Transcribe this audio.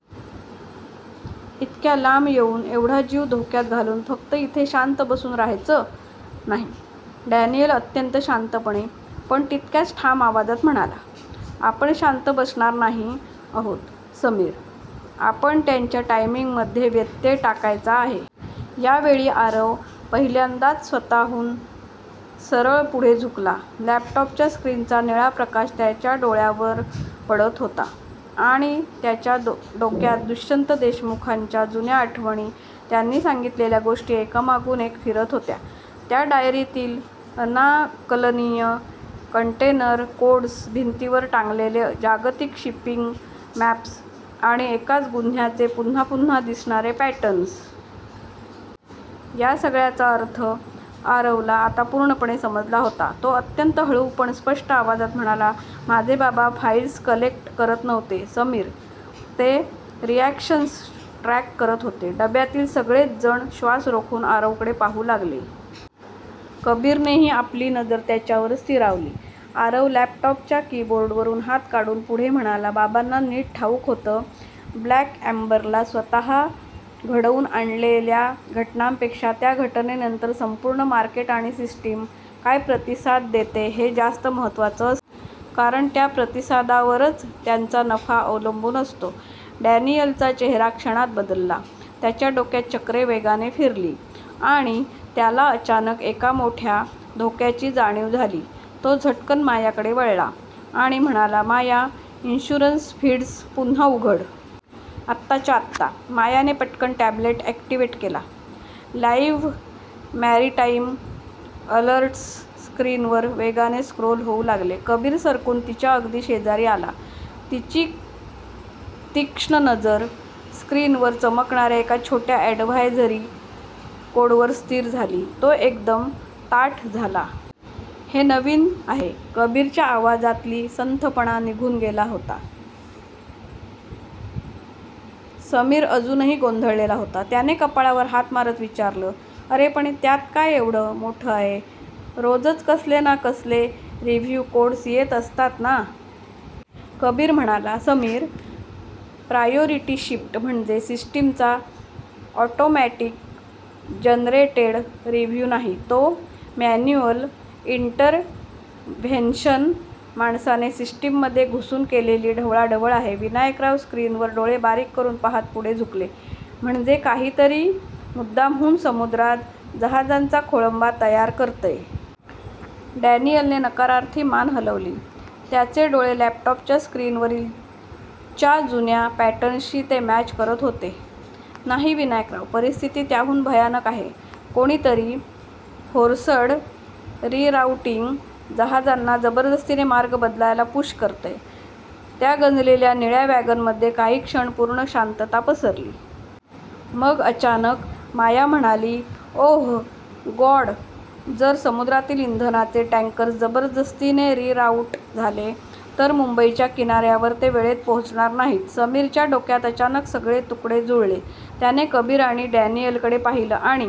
इतक्या लांब येऊन, एवढा जीव धोक्यात घालून फक्त इथे शांत बसून राहायचं? नाही, डॅनियल अत्यंत शांतपणे, पण तितक्याच ठाम आवाजात म्हणाला. "आपण शांत बसणार नाही आहोत, समीर. आपण त्यांच्या टायमिंगमध्ये व्यत्यय टाकायचा आहे." या वेळी आरव पहिल्यांदाच स्वतःहून सरळ पुढे झुकला. लॅपटॉपच्या स्क्रीनचा निळा प्रकाश त्याच्या डोळ्यांवर पडत होता आणि त्याच्या डोक्यात दुष्यंत देशमुखांच्या जुन्या आठवणी, त्यांनी सांगितलेल्या गोष्टी एकामागून एक फिरत होत्या. त्या डायरीतील अनाकलनीय कंटेनर कोड्स, भिंतीवर टांगलेले जागतिक शिपिंग मॅप्स आणि एकाच गुन्ह्याचे पुन्हा पुन्हा दिसणारे पॅटर्न्स. या सगळ्याचा अर्थ आरवला आता पूर्णपणे समजला होता. तो अत्यंत हळू, पण स्पष्ट आवाजात म्हणाला, "माझे बाबा फाईल्स कलेक्ट करत नव्हते, समीर. ते रिएक्शन्स ट्रॅक करत होते." डब्यातील सगळेच जण श्वास रोखून आरवकडे पाहू लागले. कबीरनेही आपली नजर त्याच्यावर स्थिरावली. आरव लॅपटॉपच्या कीबोर्डवरून हात काढून पुढे म्हणाला, "बाबांना नीट ठाऊक होतं. ब्लॅक एम्बरला स्वतः घडवून आणलेल्या घटनांपेक्षा, त्या घटनेनंतर संपूर्ण मार्केट आणि सिस्टीम काय प्रतिसाद देते, हे जास्त महत्त्वाचं असतं. कारण त्या प्रतिसादावरच त्यांचा नफा अवलंबून असतो." डॅनियलचा चेहरा क्षणात बदलला. त्याच्या डोक्यात चक्रे वेगाने फिरली आणि त्याला अचानक एका मोठ्या धोक्याची जाणीव झाली. तो झटकन मायाकडे वळला आणि म्हणाला, "माया, इन्शुरन्स फीड्स पुन्हा उघड. आत्ताच्या आत्ता!" मायाने पटकन टॅबलेट ऍक्टिवेट केला. लाईव्ह मॅरिटाईम अलर्ट्स स्क्रीनवर वेगाने स्क्रोल होऊ लागले. कबीर सरकून तिच्या अगदी शेजारी आला. तीची तीक्ष्ण नजर स्क्रीनवर चमकणाऱ्या एका छोट्या ॲडव्हायझरी कोडवर स्थिर झाली. तो एकदम ताठ झाला. "हे नवीन आहे," कबीरच्या आवाजातली संथपणा निघून गेला होता. समीर अजूनही गोंधळलेला होता. त्याने कपाळावर हात मारत विचारलं, "अरे पण, त्यात काय एवढं मोठं आहे? रोजच कसले ना कसले रिव्ह्यू कोड्स येत असतात ना?" कबीर म्हणाला "समीर, प्रायोरिटी शिफ्ट म्हणजे सिस्टीमचा ऑटोमॅटिक जनरेटेड रिव्ह्यू नाही. तो मॅन्युअल इंटरव्हेन्शन माणसाने सिस्टीममध्ये घुसून केलेली ढवळाढवळ आहे. " विनायकराव स्क्रीनवर डोळे बारीक करून पाहत पुढे झुकले," म्हणजे काहीतरी मुद्दामहून समुद्रात जहाजांचा खोळंबा तयार करतंय?" डॅनियलने नकारार्थी मान हलवली. त्याचे डोळे लॅपटॉपच्या स्क्रीनवरील '' च्या जुन्या पॅटर्न्सशी ते मॅच करत होते, "नाही विनायकराव. परिस्थिती त्याहून भयानक आहे." "कोणीतरी फोर्सड रीराउटिंग जहाजांना जबरदस्तीने मार्ग बदलायला पुश करतंय." त्या गंजलेल्या निळ्या वॅगनमध्ये काही क्षण पूर्ण शांतता पसरली. मग, अचानक माया म्हणाली, "ओह गॉड जर समुद्रातील इंधनाचे टँकर्स जबरदस्तीने रीराउट झाले, तर मुंबईच्या किनाऱ्यावर ते वेळेत पोहोचणार नाहीत." समीरच्या डोक्यात अचानक सगळे तुकडे जुळले. त्याने कबीर आणि डॅनियलकडे पाहिलं, आणि